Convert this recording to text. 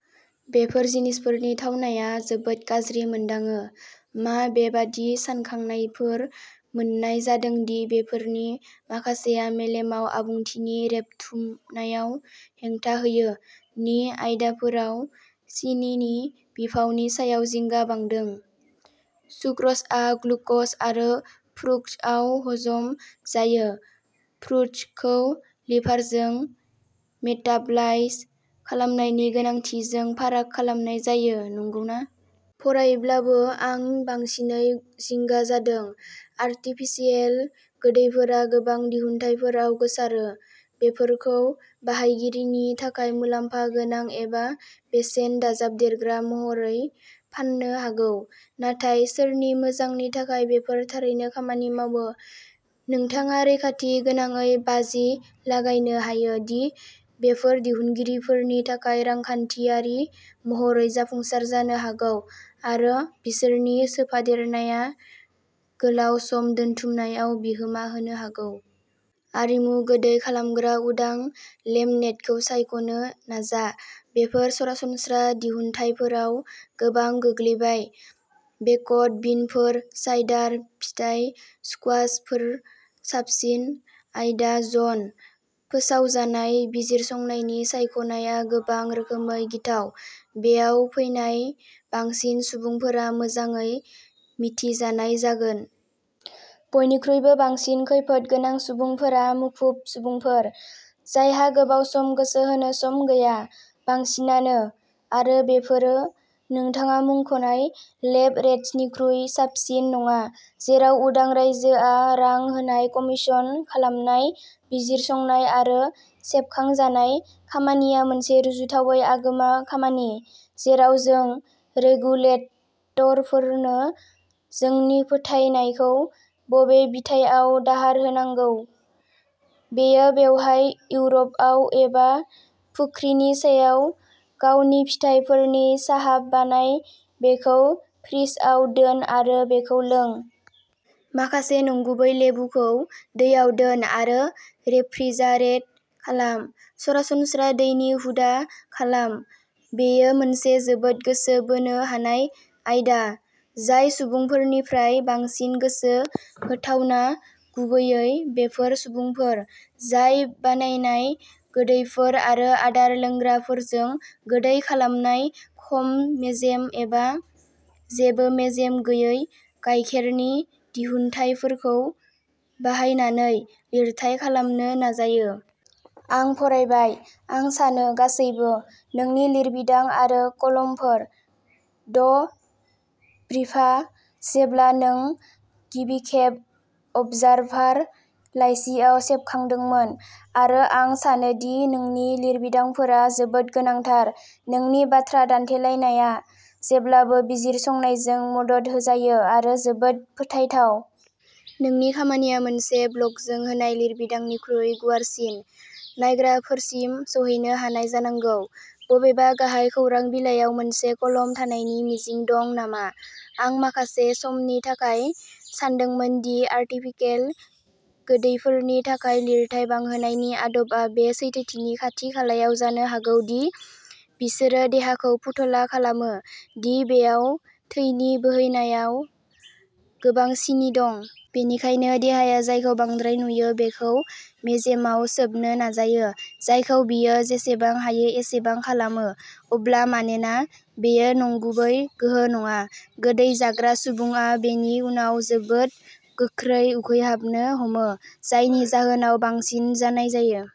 बेफोर जिनिसफोरनि थावनाया जोबोद गाज्रि मोनदाङो। मा बेबादि सानखांनायफोर मोननाय जादों दि बेफोरनि माखासेया मेलेमाव आबुंथिनि रेबथुमनायाव हेंथा होयो नि आयदाफोराव सिनिनि बिफावनि सायाव जिंगा बांदों। सुक्र'जआ ग्लुक'ज आरो फ्रुक्ट'जआव हजम जायो। फ्रुक्ट'जखौ लिभारजों मेटाबलाइज खालामनायनि गोनांथिजों फाराग खालामनाय जायो, नंगौना? फरायैब्लाबो, आं बांसिनै जिंगा जादों। आर्टिफिसियेल गोदैफोरा गोबां दिहुनथायफोराव गोसारो। बेफोरखौ बाहायगिरिनि थाखाय मुलाम्फा गोनां एबा बेसेन दाजाबदेरग्रा महरै फाननो हागौ, नाथाय सोरनि मोजांनि थाखाय बेफोर थारैनो खामानि मावो। नोंथाङा रैखाथि गोनाङै बाजि लागायनो हायो दि बेफोर दिहुनगिरिफोरनि थाखाय रांखान्थियारि महरै जाफुंसार जानो हागौ आरो बिसोरनि सोफादेरनाया गोलाव सम दोनथुमनायाव बिहोमा होनो हागौ। आरिमु गोदै खालामग्रा उदां लेमनेडखौ सायख'नो नाजा। बेफोर सरासनस्रा दिहुनथायफोराव गोबां गोग्लैबाय बेकड बिनफोर, साइडार, फिथाइ स्कुवाशफोर साबसिन आयदा जन। फोसावजानाय बिजिरसंनायनि सायख'नाया गोबां रोखोमै गिथाव। बेयाव फैनाय बांसिन सुबुंफोरा मोजाङै मिथिजानाय जागोन। बयनिख्रुइबो बांसिन खैफोद गोनां सुबुंफोरा मुखुब सुबुंफोर, जायहा गोबाव सम गोसो होनो सम गैया। बांसिनानो, आरो बेफोरो नोंथाङा मुंख'नाय लेब-रेट्सनिख्रुइ साबसिन नङा। जेराव उदां रायजोआ रां होनाय, कमीशन खालामनाय, बिजिरसंनाय आरो सेबखांजानाय खामानिया मोनसे रुजुथावै आगोमा खामानि, जेराव जों रेगुलेटरफोरनो जोंनि फोथायनायखौ बबे बिथायाव दाहार होनांगौ, बेयो बेवहाय, इउर'पआव एबा फुख्रिनि सायाव गावनि फिथाइफोरनि साहा बानाय, बेखौ फ्रिजआव दोन आरो बेखौ लों। माखासे नंगुबै लेबुखौ दैयाव दोन आरो रेफ्रिजारेट खालाम। सरासनस्रा दैनि हुदा खालाम। बेयो मोनसे जोबोद गोसो बोनो हानाय आयदा, जाय सुबुंफोरनिफ्राय बांसिन गोसो होथावना, गुबैयै बैफोर सुबुंफोर जाय बानायनाय गोदैफोर आरो आदार लोंग्राफोरजों गोदै खालामनाय खम मेजेम एबा जेबो मेजेम गैयै गायखेरनि दिहुनथायफोरखौ बाहायनानै लिरथाइ खालामनो नाजायो। आं फरायबाय, आं सानो, गासैबो। नोंनि लिरबिदां आरो कलमफोर, ड ब्रिफा, जेब्ला नों गिबिखेब अबजारभार लाइसिआव सेबखांदोंमोन आरो आं सानो दि नोंनि लिरबिदांफोरा जोबोद गोनांथार। नोंनि बाथ्रा दान्थेलायनाया जेब्लाबो बिजिरसंनायजों मदद होजायो आरो जोबोद फोथायथाव। नोंनि खामानिया मोनसे ब्लगजों होनाय लिरबिदांनिख्रुइ गुवारसिन नायग्राफोरसिम सौहैनो हानाय जानांगौ। बबेबा गाहाय खौरां बिलाइयाव मोनसे कलम थानायनि मिजिं दं नामा आं माखासे समनि थाखाय सानदोंमोन दि आरटिफिकेल गोदैफोरनि थाखाय लिरथाय बांहोनायनि आदबआ बे सैथोथिनि खाथि-खालायाव जानो हागौ दि बिसोरो देहाखौ फुथुला खालामो दि बेयाव थैनि बोहैनायाव गोबां सिनि दं। बेनिखायनो देहाया जायखौ बांद्राय नुयो बेखौ मेजेमाव सोबनो नाजायो, जायखौ बियो जेसेबां हायो एसेबां खालामो। अब्ला मानोना बेयो नंगुबै गोहो नङा, गोदै जाग्रा सुबुङा बेनि उनाव जोबोद गोख्रै उखैहाबनो हमो, जायनि जाहोनाव बांसिन जानाय जायो।